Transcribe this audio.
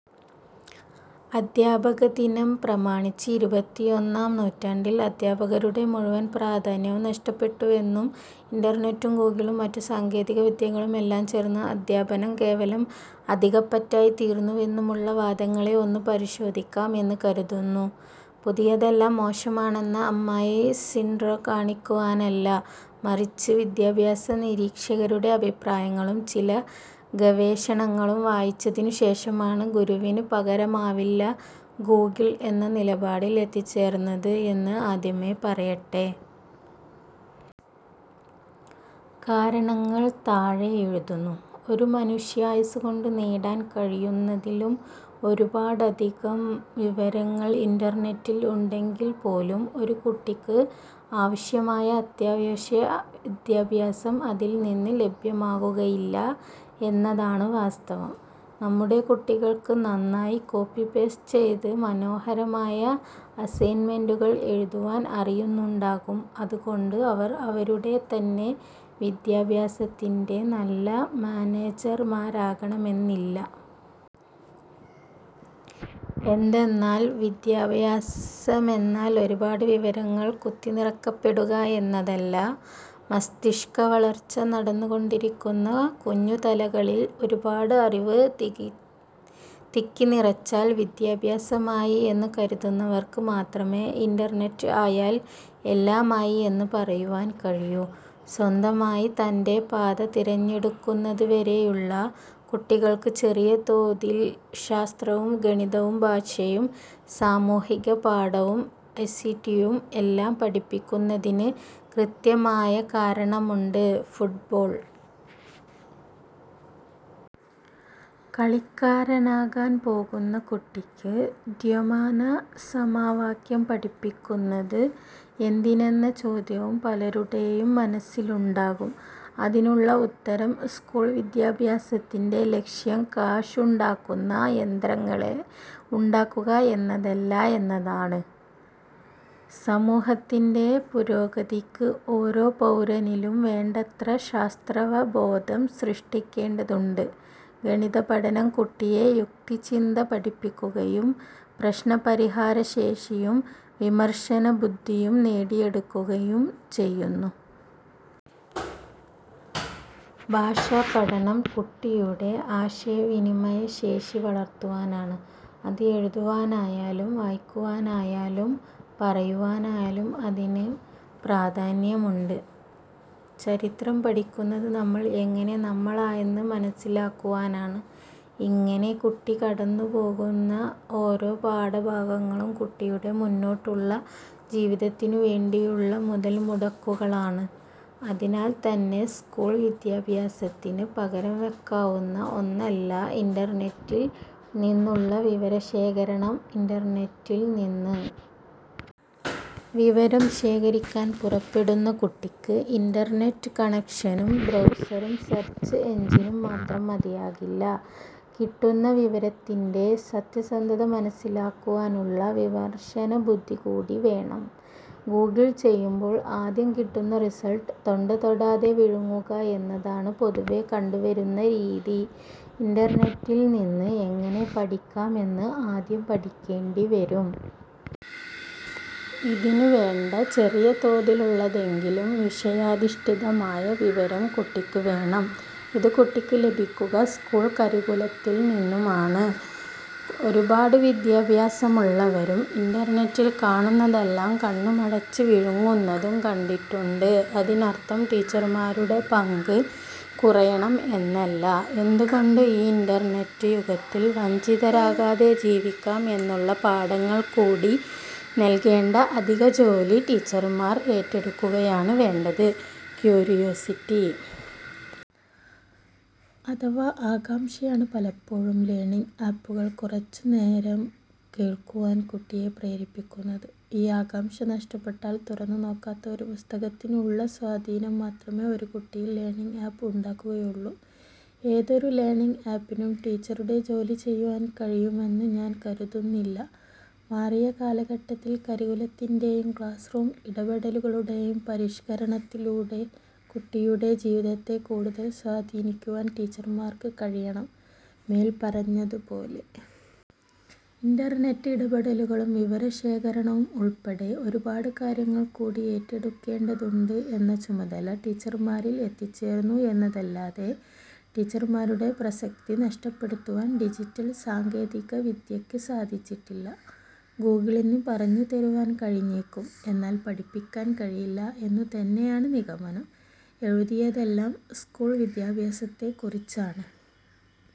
അധ്യാപകദിനം പ്രമാണിച്ച് ഇരുപത്തിയൊന്നാം നൂറ്റാണ്ടിൽ അധ്യാപകരുടെ മുഴുവൻ പ്രാധാന്യവും നഷ്ടപ്പെട്ടുവെന്നും ഇന്റർനെറ്റും ഗൂഗിളും മറ്റു സാങ്കേതികവിദ്യകളും എല്ലാം ചേർന്ന് അധ്യാപനം കേവലം അധികപ്പറ്റായി തീർന്നുവെന്നുമുള്ള വാദങ്ങളെ ഒന്ന് പരിശോധിക്കാം എന്ന് കരുതുന്നു. പുതിയതെല്ലാം മോശമാണെന്ന അമ്മായി സിൻഡ്രോം കാണിക്കുവാനല്ല, മറിച്ച് വിദ്യാഭ്യാസ നിരീക്ഷകരുടെ അഭിപ്രായങ്ങളും ചില ഗവേഷണങ്ങളും വായിച്ചതിനുശേഷമാണ് ഗുരുവിനു പകരമാവില്ല ഗൂഗിൾ എന്ന നിലപാടിൽ എത്തിച്ചേർന്നത് എന്ന് ആദ്യമേ പറയട്ടെ. കാരണങ്ങൾ താഴെ എഴുതുന്നു. ഒരു മനുഷ്യായുസ്സുകൊണ്ട് നേടാൻ കഴിയുന്നതിലും ഒരുപാട് അധികം വിവരങ്ങൾ ഇന്റർനെറ്റിൽ ഉണ്ടെങ്കിൽ പോലും ഒരു കുട്ടിക്ക് ആവശ്യമായ അത്യാവശ്യ വിദ്യാഭ്യാസം അതിൽനിന്ന് ലഭ്യമാകുകയില്ല എന്നതാണ് വാസ്തവം. നമ്മുടെ കുട്ടികൾക്ക് നന്നായി കോപ്പി പേസ്റ്റ് ചെയ്ത് മനോഹരമായ അസൈൻമെന്റുകൾ എഴുതുവാൻ അറിയുന്നുണ്ടാകും. അതുകൊണ്ട് അവർ അവരുടെ തന്നെ വിദ്യാഭ്യാസത്തിന്റെ നല്ല മാനേജർമാരാകണമെന്നില്ല. എന്തെന്നാൽ വിദ്യാഭ്യാസമെന്നാൽ ഒരുപാട് വിവരങ്ങൾ കുത്തിനിറക്കപ്പെടുക എന്നതല്ല. മസ്തിഷ്കവളർച്ച നടന്നുകൊണ്ടിരിക്കുന്ന കുഞ്ഞുതലകളിൽ ഒരുപാട് അറിവ് തികി തിക്കിനിറച്ചാൽ വിദ്യാഭ്യാസമായി എന്ന് കരുതുന്നവർക്ക് മാത്രമേ ഇന്റർനെറ്റ് ആയാൽ എല്ലാമായി എന്ന് പറയുവാൻ കഴിയൂ. സ്വന്തമായി തന്റെ പാത തിരഞ്ഞെടുക്കുന്നത് വരെയുള്ള കുട്ടികൾക്ക് ചെറിയ തോതിൽ ശാസ്ത്രവും ഗണിതവും ഭാഷയും സാമൂഹികപാഠവും ഐസിടിയും എല്ലാം പഠിപ്പിക്കുന്നതിന് കൃത്യമായ കാരണമുണ്ട്. ഫുട്ബോൾ കളിക്കാരനാകാൻ പോകുന്ന കുട്ടിക്ക് ദ്വിമാന സമവാക്യം പഠിപ്പിക്കുന്നത് എന്തിന് എന്ന ചോദ്യവും പലരുടെയും മനസ്സിലുണ്ടാകും. അതിനുള്ള ഉത്തരം സ്കൂൾ വിദ്യാഭ്യാസത്തിന്റെ ലക്ഷ്യം കാശുണ്ടാക്കുന്ന യന്ത്രങ്ങളെ ഉണ്ടാക്കുക എന്നതല്ല എന്നതാണ്. സമൂഹത്തിന്റെ പുരോഗതിക്ക് ഓരോ പൗരനിലും വേണ്ടത്ര ശാസ്ത്രാവബോധം സൃഷ്ടിക്കേണ്ടതുണ്ട്. ഗണിതപഠനം കുട്ടിയെ യുക്തിചിന്ത പഠിപ്പിക്കുകയും പ്രശ്നപരിഹാരശേഷിയും വിമർശനബുദ്ധിയും നേടിയെടുക്കുകയും ചെയ്യുന്നു. ഭാഷാപഠനം കുട്ടിയുടെ ആശയവിനിമയശേഷി വളർത്തുവാനാണ്. അത് എഴുതുവാനായാലും വായിക്കുവാനായാലും പറയുവാനായാലും അതിന് പ്രാധാന്യമുണ്ട്. ചരിത്രം പഠിക്കുന്നത് നമ്മൾ എങ്ങനെ നമ്മളായെന്ന് മനസ്സിലാക്കുവാനാണ്. ഇങ്ങനെ കുട്ടി കടന്നുപോകുന്ന ഓരോ പാഠഭാഗങ്ങളും കുട്ടിയുടെ മുന്നോട്ടുള്ള ജീവിതത്തിനുവേണ്ടിയുള്ള മുതൽമുടക്കുകളാണ്. അതിനാൽ തന്നെ സ്കൂൾ വിദ്യാഭ്യാസത്തിന് പകരം വയ്ക്കാവുന്ന ഒന്നല്ല ഇന്റർനെറ്റിൽ നിന്നുള്ള വിവരശേഖരണം. ഇന്റർനെറ്റിൽനിന്ന് വിവരം ശേഖരിക്കാൻ പുറപ്പെടുന്ന കുട്ടിക്ക് ഇന്റർനെറ്റ് കണക്ഷനും ബ്രൗസറും സെർച്ച് എഞ്ചിനും മാത്രം മതിയാകില്ല. കിട്ടുന്ന വിവരത്തിന്റെ സത്യസന്ധത മനസ്സിലാക്കുവാനുള്ള വിമർശനബുദ്ധി കൂടി വേണം. ഗൂഗിൾ ചെയ്യുമ്പോൾ ആദ്യം കിട്ടുന്ന റിസൾട്ട് തൊണ്ടതൊടാതെ വിഴുങ്ങുക എന്നതാണ് പൊതുവെ കണ്ടുവരുന്ന രീതി. ഇന്റർനെറ്റിൽനിന്ന് എങ്ങനെ പഠിക്കാം എന്ന് ആദ്യം പഠിക്കേണ്ടിവരും. ഇതിന് വേണ്ട ചെറിയ തോതിലുള്ളതെങ്കിലും വിഷയാധിഷ്ഠിതമായ വിവരം കുട്ടിക്ക് വേണം. ഇത് കുട്ടിക്ക് ലഭിക്കുക സ്കൂൾ കരിക്കുലത്തിൽ നിന്നുമാണ്. ഒരുപാട് വിദ്യാഭ്യാസമുള്ളവരും ഇന്റർനെറ്റിൽ കാണുന്നതെല്ലാം കണ്ണുമടച്ച് വിഴുങ്ങുന്നതും കണ്ടിട്ടുണ്ട്. അതിനർത്ഥം ടീച്ചർമാരുടെ പങ്ക് കുറയണം എന്നല്ല. എന്തുകൊണ്ട് ഈ ഇന്റർനെറ്റ് യുഗത്തിൽ വഞ്ചിതരാകാതെ ജീവിക്കാം എന്നുള്ള പാഠങ്ങൾ കൂടി നൽകേണ്ട അധികജോലി ടീച്ചർമാർ ഏറ്റെടുക്കുകയാണ് വേണ്ടത്. ക്യൂരിയോസിറ്റി അഥവാ ആകാംക്ഷയാണ് പലപ്പോഴും ലേണിംഗ് ആപ്പുകൾ കുറച്ചുനേരം കേൾക്കുവാൻ കുട്ടിയെ പ്രേരിപ്പിക്കുന്നത്. ഈ ആകാംക്ഷ നഷ്ടപ്പെട്ടാൽ തുറന്നുനോക്കാത്ത ഒരു പുസ്തകത്തിനുള്ള സ്വാധീനം മാത്രമേ ഒരു കുട്ടിയിൽ ലേണിംഗ് ആപ്പ് ഉണ്ടാക്കുകയുള്ളൂ. ഏതൊരു ലേണിംഗ് ആപ്പിനും ടീച്ചറുടെ ജോലി ചെയ്യുവാൻ കഴിയുമെന്ന് ഞാൻ കരുതുന്നില്ല. മാറിയ കാലഘട്ടത്തിൽ കരിക്കുലത്തിന്റെയും ക്ലാസ്‌റൂം ഇടപെടലുകളുടെയും പരിഷ്കരണത്തിലൂടെ കുട്ടിയുടെ ജീവിതത്തെ കൂടുതൽ സ്വാധീനിക്കുവാൻ ടീച്ചർമാർക്ക് കഴിയണം. മേൽപ്പറഞ്ഞതുപോലെ ഇന്റർനെറ്റ് ഇടപെടലുകളും വിവരശേഖരണവും ഉൾപ്പെടെ ഒരുപാട് കാര്യങ്ങൾ കൂടി ഏറ്റെടുക്കേണ്ടതുണ്ട് എന്ന ചുമതല ടീച്ചർമാരിൽ എത്തിച്ചേർന്നു എന്നതല്ലാതെ ടീച്ചർമാരുടെ പ്രസക്തി നഷ്ടപ്പെടുത്തുവാൻ ഡിജിറ്റൽ സാങ്കേതികവിദ്യയ്ക്ക് സാധിച്ചിട്ടില്ല. ഗൂഗിളിന് പറഞ്ഞുതരുവാൻ കഴിഞ്ഞേക്കും. എന്നാൽ പഠിപ്പിക്കാൻ കഴിയില്ല എന്നുതന്നെയാണ് നിഗമനം. എഴുതിയതെല്ലാം സ്കൂൾ വിദ്യാഭ്യാസത്തെക്കുറിച്ചാണ്.